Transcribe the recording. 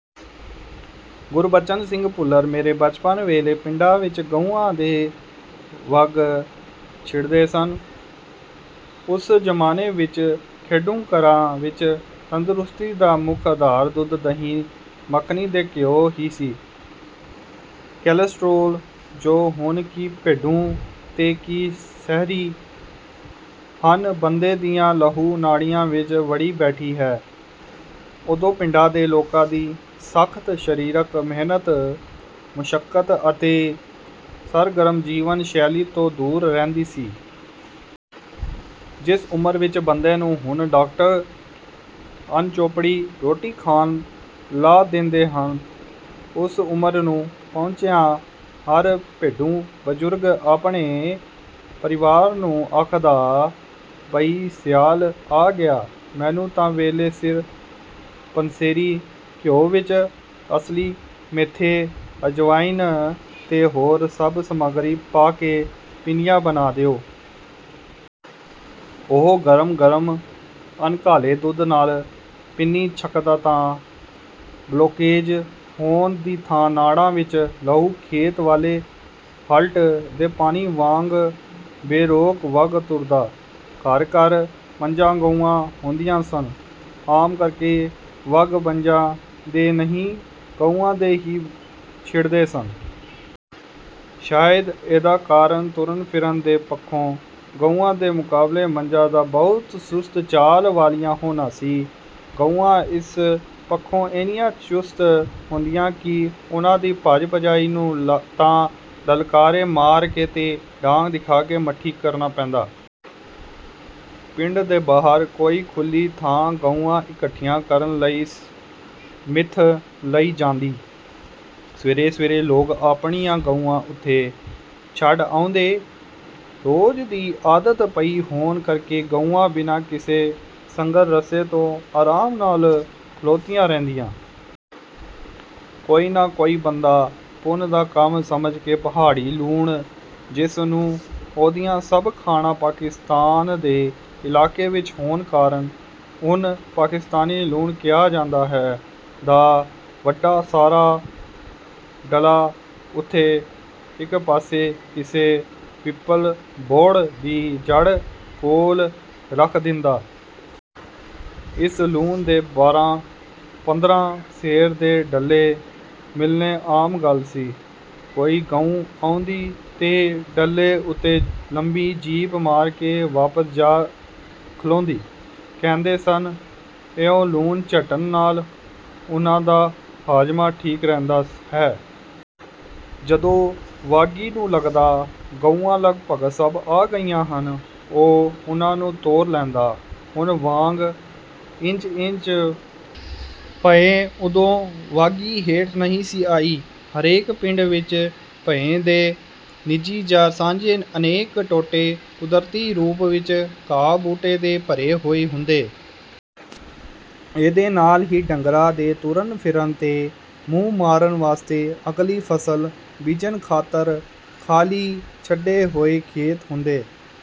ਗੁਰਬਚਨ ਸਿੰਘ ਭੁੱਲਰ ਮੇਰੇ ਬਚਪਨ ਵੇਲੇ ਪਿੰਡਾਂ ਵਿੱਚ ਗਊਆਂ ਦੇ ਵੱਗ ਛਿੜਦੇ ਸਨ। ਉਸ ਜ਼ਮਾਨੇ ਵਿਚ ਪੇਂਡੂ ਘਰਾਂ ਵਿਚ ਤੰਦਰੁਸਤੀ ਦਾ ਮੁੱਖ ਅਧਾਰ ਦੁੱਧ, ਦਹੀਂ, ਮਖਣੀ ਤੇ ਘਿਓ ਹੀ ਸੀ। ਕੋਲੈਸਟਰੋਲ, ਜੋ ਹੁਣ ਕੀ ਪੇਂਡੂ ਤੇ ਕੀ ਸ਼ਹਿਰੀ ਹਰ ਬੰਦੇ ਦੀਆਂ ਲਹੂ-ਨਾੜੀਆਂ ਵਿੱਚ ਵੜੀ ਬੈਠੀ ਹੈ, ਉਦੋਂ ਪਿੰਡਾਂ ਦੇ ਲੋਕਾਂ ਦੀ ਸਖ਼ਤ ਸਰੀਰਕ ਮਿਹਨਤ-ਮੁਸ਼ੱਕਤ ਅਤੇ ਸਰਗਰਮ ਜੀਵਨ-ਸ਼ੈਲੀ ਤੋਂ ਦੂਰ ਰਹਿੰਦੀ ਸੀ। ਜਿਸ ਉਮਰ ਵਿੱਚ ਬੰਦੇ ਨੂੰ ਹੁਣ ਡਾਕਟਰ ਅਣਚੋਪੜੀ ਰੋਟੀ ਖਾਣ ਲਾ ਦਿੰਦੇ ਹਨ, ਉਸ ਉਮਰ ਨੂੰ ਪਹੁੰਚਿਆ ਹਰ ਪੇਂਡੂ ਬਜ਼ੁਰਗ ਆਪਣੇ ਪਰਿਵਾਰ ਨੂੰ ਆਖਦਾ, "ਬਈ ਸਿਆਲ ਆ ਗਿਆ। ਮੈਨੂੰ ਤਾਂ ਵੇਲੇ-ਸਿਰ ਪੰਸੇਰੀ ਘਿਓ ਵਿਚ ਅਲਸੀ, ਮੇਥੇ, ਅਜਵਾਇਨ ਤੇ ਹੋਰ ਸਭ ਸਮਗਰੀ ਪਾ ਕੇ ਪਿੰਨੀਆਂ ਬਣਾ ਦਿਓ।" ਉਹ ਗਰਮ-ਗਰਮ ਅਣਘਾਲੇ ਦੁੱਧ ਨਾਲ ਪਿੰਨੀ ਛਕਦਾ ਤਾਂ 'ਬਲੌਕੇਜ' ਹੋਣ ਦੀ ਥਾਂ ਨਾੜਾਂ ਵਿੱਚ ਲਹੂ ਖੇਤ ਵਾਲੇ ਹਲਟ ਦੇ ਪਾਣੀ ਵਾਂਗ ਬੇਰੋਕ ਵਗ ਤੁਰਦਾ। ਘਰ-ਘਰ ਮੱਝਾਂ-ਗਊਆਂ ਹੁੰਦੀਆਂ ਸਨ। ਆਮ ਕਰਕੇ ਵੱਗ ਮੱਝਾਂ ਦੇ ਨਹੀਂ, ਗਊਆਂ ਦੇ ਹੀ ਛਿੜਦੇ ਸਨ। ਸ਼ਾਇਦ ਇਹਦਾ ਕਾਰਨ ਤੁਰਨ-ਫਿਰਨ ਦੇ ਪੱਖੋਂ ਗਊਆਂ ਦੇ ਮੁਕਾਬਲੇ ਮੱਝਾਂ ਦਾ ਬਹੁਤ ਸੁਸਤ ਚਾਲ ਵਾਲੀਆਂ ਹੋਣਾ ਸੀ। ਗਊਆਂ ਇਸ ਪੱਖੋਂ ਏਨੀਆਂ ਚੁਸਤ ਹੁੰਦੀਆਂ ਕਿ ਉਨ੍ਹਾਂ ਦੀ ਭੱਜ-ਭਜਾਈ ਨੂੰ ਤਾਂ ਲਲਕਾਰੇ ਮਾਰ ਕੇ ਤੇ ਡਾਂਗ ਦਿਖਾ ਕੇ ਮੱਠੀ ਕਰਨਾ ਪੈਂਦਾ। ਪਿੰਡ ਦੇ ਬਾਹਰ ਕੋਈ ਖੁੱਲ੍ਹੀ ਥਾਂ ਗਊਆਂ ਇਕੱਠੀਆਂ ਕਰਨ ਲਈ ਮਿਥ ਲਈ ਜਾਂਦੀ। ਸਵੇਰੇ-ਸਵੇਰੇ ਲੋਕ ਆਪਣੀਆਂ ਗਊਆਂ ਉਥੇ ਛੱਡ ਆਉਂਦੇ। ਰੋਜ਼ ਦੀ ਆਦਤ ਪਈ ਹੋਣ ਕਰਕੇ ਗਊਆਂ ਬਿਨਾਂ ਕਿਸੇ ਸੰਗਲ-ਰੱਸੇ ਤੋਂ ਆਰਾਮ ਨਾਲ ਖਲੋਤੀਆਂ ਰਹਿੰਦੀਆਂ। ਕੋਈ ਨਾ ਕੋਈ ਬੰਦਾ ਪੁੰਨ ਦਾ ਕੰਮ ਸਮਝ ਕੇ ਪਹਾੜੀ ਲੂਣ, ਜਿਸ ਨੂੰ ਉਹਦੀਆਂ ਸਭ ਖਾਣਾਂ ਪਾਕਿਸਤਾਨ ਦੇ ਇਲਾਕੇ ਵਿਚ ਹੋਣ ਕਾਰਨ ਹੁਣ ਪਾਕਿਸਤਾਨੀ ਲੂਣ ਕਿਹਾ ਜਾਂਦਾ ਹੈ, ਦਾ ਵੱਡਾ ਸਾਰਾ ਡਲਾ ਉਥੇ ਇੱਕ ਪਾਸੇ ਕਿਸੇ ਪਿੱਪਲ-ਬੋਹੜ ਦੀ ਜੜ ਕੋਲ ਰੱਖ ਦਿੰਦਾ। ਇਸ ਲੂਣ ਦੇ ਬਾਰਾਂ-ਪੰਦਰਾਂ ਸੇਰ ਦੇ ਡਲੇ ਮਿਲਣੇ ਆਮ ਗੱਲ ਸੀ। ਕੋਈ ਗਊ ਆਉਂਦੀ ਤੇ ਡਲੇ ਉਤੇ ਲੰਮੀ ਜੀਭ ਮਾਰ ਕੇ ਵਾਪਸ ਜਾ ਖਲੋਂਦੀ। ਕਹਿੰਦੇ ਸਨ, ਇਉਂ ਲੂਣ ਚੱਟਣ ਨਾਲ ਉਨ੍ਹਾਂ ਦਾ ਹਾਜ਼ਮਾ ਠੀਕ ਰਹਿੰਦਾ ਹੈ। ਜਦੋਂ ਵਾਗੀ ਨੂੰ ਲਗਦਾ, ਗਊਆਂ ਲਗਭਗ ਸਭ ਆ ਗਈਆਂ ਹਨ, ਉਹ ਉਨ੍ਹਾਂ ਨੂੰ ਤੋਰ ਲੈਂਦਾ। ਹੁਣ ਵਾਂਗ ਇੰਚ-ਇੰਚ ਭੋਇੰ ਉਦੋਂ ਵਾਗੀ ਹੇਠ ਨਹੀਂ ਸੀ ਆਈ। ਹਰੇਕ ਪਿੰਡ ਵਿਚ ਭੋਇੰ ਦੇ ਨਿੱਜੀ ਜਾਂ ਸਾਂਝੇ ਅਨੇਕ ਟੋਟੇ ਕੁਦਰਤੀ ਰੂਪ ਵਿਚ ਘਾਹ-ਬੂਟੇ ਦੇ ਭਰੇ ਹੋਏ ਹੁੰਦੇ। ਇਹਦੇ ਨਾਲ ਹੀ ਡੰਗਰਾਂ ਦੇ ਤੁਰਨ-ਫਿਰਨ ਤੇ ਮੂੰਹ ਮਾਰਨ ਵਾਸਤੇ ਅਗਲੀ ਫ਼ਸਲ ਬੀਜਣ ਖ਼ਾਤਰ ਖਾਲੀ ਛੱਡੇ ਹੋਏ ਖੇਤ ਹੁੰਦੇ।